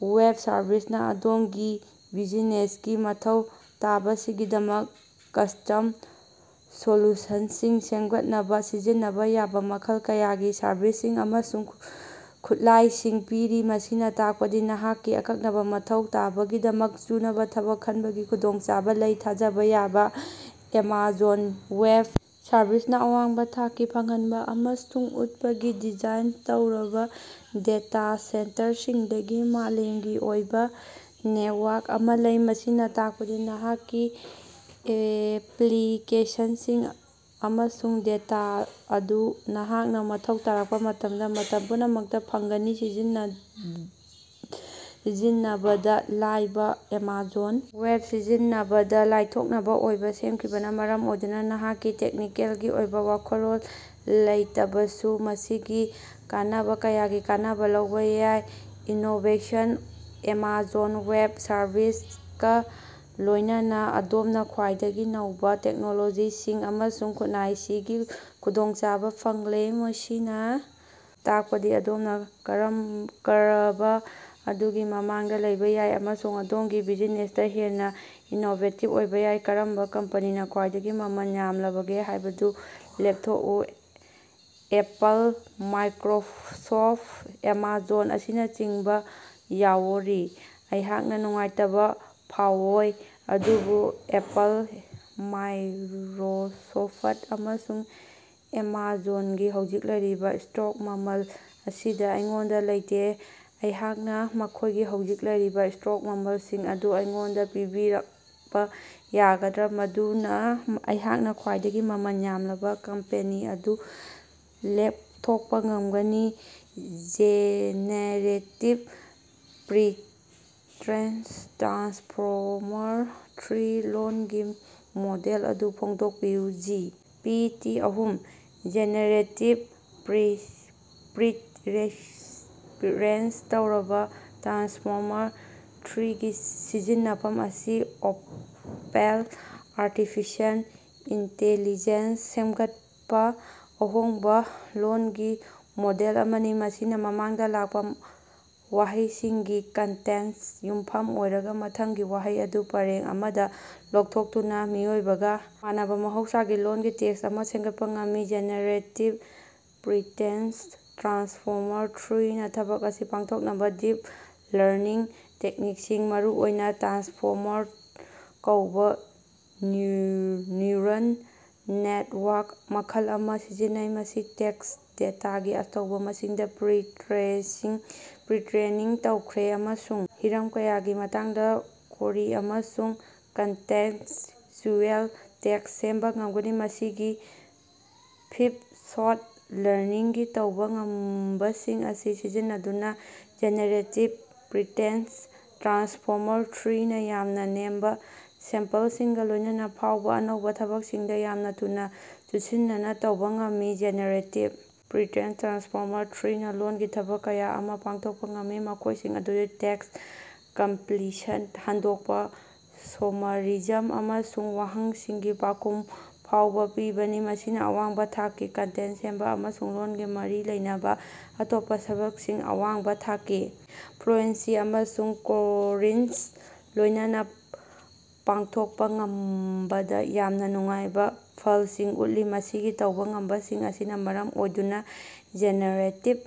Web service ꯅ ꯑꯗꯣꯝꯒꯤ ꯕꯤꯖꯤꯅꯦꯁꯀꯤ ꯃꯊꯧ ꯇꯥꯕꯁꯤꯡꯒꯤꯗꯃꯛ ꯀꯁ꯭ꯇꯝ ꯁꯣꯂꯨꯁꯟꯁꯤꯡ ꯁꯦꯝꯒꯠꯅꯕ ꯁꯤꯖꯤꯟꯅꯕ ꯌꯥꯕ ꯃꯈꯜ ꯀꯌꯥꯒꯤ ꯁꯔꯕꯤꯁꯁꯤꯡ ꯑꯃꯁꯨꯡ ꯈꯨꯠꯂꯥꯏꯁꯤꯡ ꯄꯤꯔꯤ꯫ ꯃꯁꯤꯅ ꯇꯥꯛꯄꯗꯤ ꯅꯍꯥꯛꯀꯤ ꯑꯀꯛꯅꯕ ꯃꯊꯧ ꯇꯥꯕꯁꯤꯡꯒꯤꯗꯃꯛꯇ ꯆꯨꯅꯕ ꯊꯕꯛ ꯈꯟꯕꯒꯤ ꯈꯨꯗꯣꯡꯆꯥꯕ ꯂꯩ꯫ ꯊꯥꯖꯕ ꯌꯥꯕ: ꯑꯦꯃꯥꯖꯣꯟ ꯋꯦꯕ ꯁꯔꯚꯤꯁ ꯅ ꯑꯋꯥꯡꯕ ꯊꯥꯛꯀꯤ ꯐꯪꯍꯟꯕ ꯑꯃꯁꯨꯡ ꯎꯠꯄꯒꯤ ꯗꯤꯖꯥꯏꯟ ꯇꯧꯔꯕ ꯗꯦꯇꯥ ꯁꯦꯟꯇꯔꯁꯤꯡꯒꯤ ꯃꯥꯂꯦꯝꯒꯤ ꯑꯣꯏꯕ ꯅꯦꯠꯋꯥꯔꯛ ꯑꯃ ꯂꯩ꯫ ꯃꯁꯤꯅ ꯇꯥꯛꯄꯗꯤ ꯅꯍꯥꯛꯀꯤ ꯑꯦꯄ꯭ꯂꯤꯀꯦꯁꯟꯁꯤꯡ ꯑꯃꯁꯨꯡ ꯗꯦꯇꯥ ꯑꯗꯨ ꯅꯍꯥꯛꯅ ꯃꯊꯧ ꯇꯥꯔꯛꯄ ꯃꯇꯝꯗ ꯃꯇꯝ ꯄꯨꯝꯅꯃꯛꯇ ꯐꯪꯒꯅꯤ꯫ ꯁꯤꯖꯤꯟꯅꯕꯗ ꯂꯥꯏꯕ: ꯑꯦꯃꯥꯖꯣꯟ ꯋꯦꯕ ꯁꯤꯖꯤꯟꯅꯕꯗ ꯂꯥꯏꯊꯣꯛꯅꯕ ꯑꯣꯏꯕ ꯁꯦꯝꯈꯤꯕꯅꯤ, ꯃꯔꯝ ꯑꯗꯨꯅ ꯅꯍꯥꯛꯅ ꯇꯦꯛꯅꯤꯀꯦꯜꯒꯤ ꯑꯣꯏꯕ ꯋꯥꯈꯜꯂꯣꯟ ꯂꯩꯇꯕꯁꯨ ꯃꯁꯤꯒꯤ ꯀꯥꯟꯅꯕ ꯀꯌꯥꯒꯤ ꯀꯥꯟꯅꯕ ꯂꯧꯕ ꯌꯥꯏ꯫ ꯏꯅꯣꯕꯦꯁꯟ: ꯑꯦꯃꯥꯖꯣꯟ ꯋꯦꯕ ꯁꯔꯕꯤꯁ ꯀ ꯂꯣꯏꯅꯅ ꯑꯗꯣꯝꯅ ꯈ꯭ꯋꯥꯏꯗꯒꯤ ꯅꯧꯕ ꯇꯦꯛꯅꯣꯂꯣꯖꯤꯁꯤꯡ ꯑꯃꯁꯨꯡ ꯈꯨꯠꯂꯥꯏꯁꯤꯡꯒꯤ ꯈꯨꯗꯣꯡꯆꯥꯕ ꯐꯪꯂꯦ, ꯃꯁꯤꯅ ꯇꯥꯛꯄꯗꯤ ꯑꯗꯣꯝꯅ ꯀꯔꯕ ꯑꯗꯨꯒꯤ ꯃꯃꯥꯡꯗ ꯂꯩꯕ ꯌꯥꯏ ꯑꯃꯁꯨꯡ ꯑꯗꯣꯝꯒꯤ ꯕꯤꯖꯤꯅꯦꯁꯇ ꯍꯦꯟꯅ ꯏꯅꯣꯕꯦꯇꯤꯕ ꯑꯣꯏꯕ ꯌꯥꯏ꯫ ꯀꯔꯝꯕ ꯀꯝꯄꯅꯤꯅꯥ ꯈ꯭ꯋꯥꯏꯗꯒꯤ ꯃꯃꯜ ꯌꯥꯝꯂꯕꯒꯦ ꯍꯥꯏꯕꯗꯨ ꯂꯦꯞꯊꯣꯛꯎ꯫ ꯑꯦꯄꯜ, ꯃꯥꯏꯀ꯭ꯔꯣꯁꯣꯐ, ꯑꯦꯃꯥꯖꯣꯟ ꯑꯁꯤꯅꯆꯤꯡꯕꯥ ꯌꯥꯑꯣꯔꯤ꯫ ꯑꯩꯍꯥꯛꯅꯥ ꯅꯨꯡꯉꯥꯏꯇꯕꯥ ꯐꯥꯑꯣꯏ, ꯑꯗꯨꯕꯨ ꯑꯦꯄꯜ, ꯃꯥꯏꯛꯔꯣꯁꯣꯐꯠ, ꯑꯃꯁꯨꯡ ꯑꯦꯃꯥꯖꯣꯟꯒꯤ ꯍꯧꯖꯤꯛ ꯂꯩꯔꯤꯕ ꯁ꯭ꯇꯣꯛ ꯃꯃꯜ ꯑꯁꯤꯗꯤ ꯑꯩꯉꯣꯟꯗ ꯂꯩꯇꯦ꯫ ꯑꯩꯍꯥꯛꯅ ꯃꯈꯣꯏꯒꯤ ꯍꯧꯖꯤꯛ ꯂꯩꯔꯤꯕ ꯁ꯭ꯇꯣꯛ ꯃꯃꯜꯁꯤꯡ ꯑꯗꯨ ꯑꯩꯉꯣꯟꯗ ꯄꯤꯕꯤꯔꯛꯄ ꯌꯥꯒꯗ꯭ꯔꯥ ꯃꯗꯨꯅ ꯑꯩꯍꯥꯛꯅ ꯈ꯭ꯋꯥꯏꯗꯒꯤ ꯃꯃꯜ ꯌꯥꯝꯂꯕ ꯀꯝꯄꯦꯅꯤ ꯑꯗꯨ ꯂꯦꯞꯊꯣꯛꯄ ꯉꯝꯒꯅꯤ꯫ ꯖꯦꯅꯦꯔꯦꯇꯤꯕ ꯄ꯭ꯔꯤꯇ꯭ꯔꯦꯏꯟ ꯇ꯭ꯔꯥꯟꯁꯐꯣꯔꯃꯔ-ꯊ꯭ꯔꯤ ꯂꯣꯜꯒꯤ ꯃꯣꯗꯦꯜ ꯑꯗꯨ ꯐꯣꯡꯗꯣꯛꯄꯤꯌꯨ꯫ ꯖꯤ. ꯄꯤ. ꯇꯤ. ꯑꯍꯨꯝ (ꯖꯦꯅꯦꯔꯦꯇꯤꯕ ꯄ꯭ꯔꯤꯠꯔꯦꯏꯟ ꯇꯧꯔꯕ ꯇ꯭ꯔꯥꯟꯁꯐꯣꯔꯃꯔ - ꯊ꯭ꯔꯤꯒꯤ ꯁꯝꯖꯤꯟꯅꯐꯝ) ꯑꯁꯤ ꯑꯣꯄꯦꯟ ꯑꯥꯔꯇꯤꯐꯤꯁꯦꯜ ꯏꯟꯇꯦꯂꯤꯖꯦꯟꯠ ꯁꯦꯝꯒꯠꯄ ꯑꯍꯣꯡꯕ ꯂꯣꯜꯒꯤ ꯃꯣꯗꯦꯜ ꯑꯃꯅꯤ꯫ ꯃꯁꯤꯅ ꯃꯃꯥꯡꯗ ꯂꯥꯛꯄ ꯋꯥꯍꯩꯁꯤꯡꯒꯤ ꯀꯟꯇꯦꯛꯁꯇ ꯌꯨꯝꯐꯝ ꯑꯣꯏꯔꯒ ꯃꯊꯪꯒꯤ ꯋꯥꯍꯩ ꯑꯗꯨ ꯄꯔꯦꯡ ꯑꯃꯗ ꯂꯥꯎꯊꯣꯛꯇꯨꯅ ꯃꯤꯑꯣꯏꯕꯒ ꯃꯥꯟꯅꯕ ꯃꯍꯧꯁꯥꯒꯤ ꯂꯣꯜꯒꯤ ꯇꯦꯛꯁ ꯑꯃ ꯁꯦꯟꯒꯠꯄ ꯉꯝꯃꯤ꯫ ꯖꯦꯅꯦꯔꯦꯇꯤꯕ ꯄ꯭ꯔꯤꯇ꯭ꯔꯦꯏꯟ ꯇ꯭ꯔꯥꯟꯁꯐꯣꯔꯃꯔ-ꯊ꯭ꯔꯤ ꯅ ꯊꯕꯛ ꯑꯁꯤ ꯄꯥꯡꯊꯣꯛꯅꯕ ꯗꯤꯞ ꯂꯔꯅꯤꯡ ꯇꯦꯛꯅꯤꯛꯁꯤꯡ ꯃꯔꯨꯑꯣꯏꯅ ꯇ꯭ꯔꯥꯟꯁꯐꯣꯔꯃꯔ ꯀꯧꯕ ꯅ꯭ꯌꯨꯔꯜ ꯅꯦꯇꯋꯥꯔꯛ ꯃꯈꯜ ꯑꯃ ꯁꯤꯖꯤꯟꯅꯩ꯫ ꯃꯁꯤ ꯇꯦꯛꯁ ꯗꯦꯇꯥꯒꯤ ꯑꯆꯧꯕ ꯃꯁꯤꯡꯗ ꯄ꯭ꯔꯤ-ꯇ꯭ꯔꯦꯅꯤꯡ ꯇꯧꯈ꯭ꯔꯦ ꯑꯃꯁꯨꯡ ꯍꯤꯔꯝ ꯀꯌꯥꯒꯤ ꯃꯇꯥꯡꯗ ꯀꯣꯔꯤ ꯑꯃꯁꯨꯡ ꯀꯟꯇꯦꯛꯁꯆꯨꯑꯦꯜ ꯇꯦꯛꯁ ꯁꯦꯝꯕ ꯉꯝꯒꯅꯤ꯫ ꯃꯁꯤꯒꯤ ꯐꯤꯚ-ꯁꯣꯠ ꯂꯔꯅꯤꯡꯒꯤ ꯇꯧꯕ ꯉꯝꯕꯁꯤꯡ ꯑꯁꯤ ꯁꯤꯖꯤꯟꯅꯗꯨꯅ ꯖꯦꯅꯦꯔꯦꯇꯤꯕ ꯄ꯭ꯔꯤꯇ꯭ꯔꯦꯏꯟ ꯇ꯭ꯔꯥꯟꯁꯐꯣꯔꯃꯔ-ꯊ꯭ꯔꯤ ꯅ ꯌꯥꯝꯅ ꯅꯦꯝꯕ ꯁꯦꯝꯄꯜꯁꯤꯡꯒ ꯂꯣꯏꯅꯅ ꯐꯥꯎꯕ ꯑꯅꯧꯕ ꯊꯕꯛꯁꯤꯡꯗ ꯌꯥꯝꯅ ꯊꯨꯅ ꯆꯨꯁꯤꯟꯅꯅꯕ ꯇꯧꯕ ꯉꯝꯃꯤ꯫ ꯖꯦꯅꯦꯔꯦꯇꯤꯕ ꯄ꯭ꯔꯤꯇ꯭ꯔꯦꯏꯟ ꯇ꯭ꯔꯥꯟꯁꯐꯣꯔꯃꯔ-ꯊ꯭ꯔꯤ ꯅ ꯂꯣꯜꯒꯤ ꯊꯕꯛ ꯀꯌꯥ ꯑꯃ ꯄꯥꯡꯊꯣꯛꯄ ꯉꯝꯃꯤ, ꯃꯈꯣꯏꯁꯤꯡ ꯑꯗꯨꯗꯤ ꯇꯦꯛꯁ ꯀꯝꯄ꯭ꯂꯤꯁꯟ, ꯍꯟꯗꯣꯛꯄ, ꯁꯣꯃꯔꯤꯖꯝ, ꯑꯃꯁꯨꯡ ꯋꯥꯍꯪꯁꯤꯡꯒꯤ ꯄꯥꯎꯈꯨꯝ ꯐꯥꯎꯕ ꯄꯤꯕꯅꯤ꯫ ꯃꯁꯤꯅ ꯑꯋꯥꯡꯕ ꯊꯥꯛꯀꯤ ꯀꯟꯇꯦꯟ ꯁꯦꯝꯕ ꯑꯃꯁꯨꯡ ꯂꯣꯜꯒ ꯃꯔꯤ ꯂꯩꯅꯕ ꯑꯇꯣꯞꯄ ꯊꯕꯛꯁꯤꯡ ꯑꯋꯥꯡꯕ ꯊꯥꯛꯀꯤ ꯐ꯭ꯂꯨꯑꯦꯟꯁꯤ ꯑꯃꯁꯨꯡ ꯀꯣꯔꯤꯟꯁꯀ ꯂꯣꯏꯅꯅ ꯄꯥꯡꯊꯣꯛꯄ ꯉꯝꯕꯗ ꯌꯥꯝꯅ ꯅꯨꯡꯉꯥꯏꯕ ꯐꯜꯁꯤꯡ ꯎꯠꯂꯦ꯫ ꯃꯁꯤꯒꯤ ꯇꯧꯕ ꯉꯝꯕꯁꯤꯡ ꯑꯁꯤꯅ ꯃꯔꯝ ꯑꯣꯏꯗꯨꯅ ꯖꯦꯅꯦꯔꯦꯇꯤꯕ꯫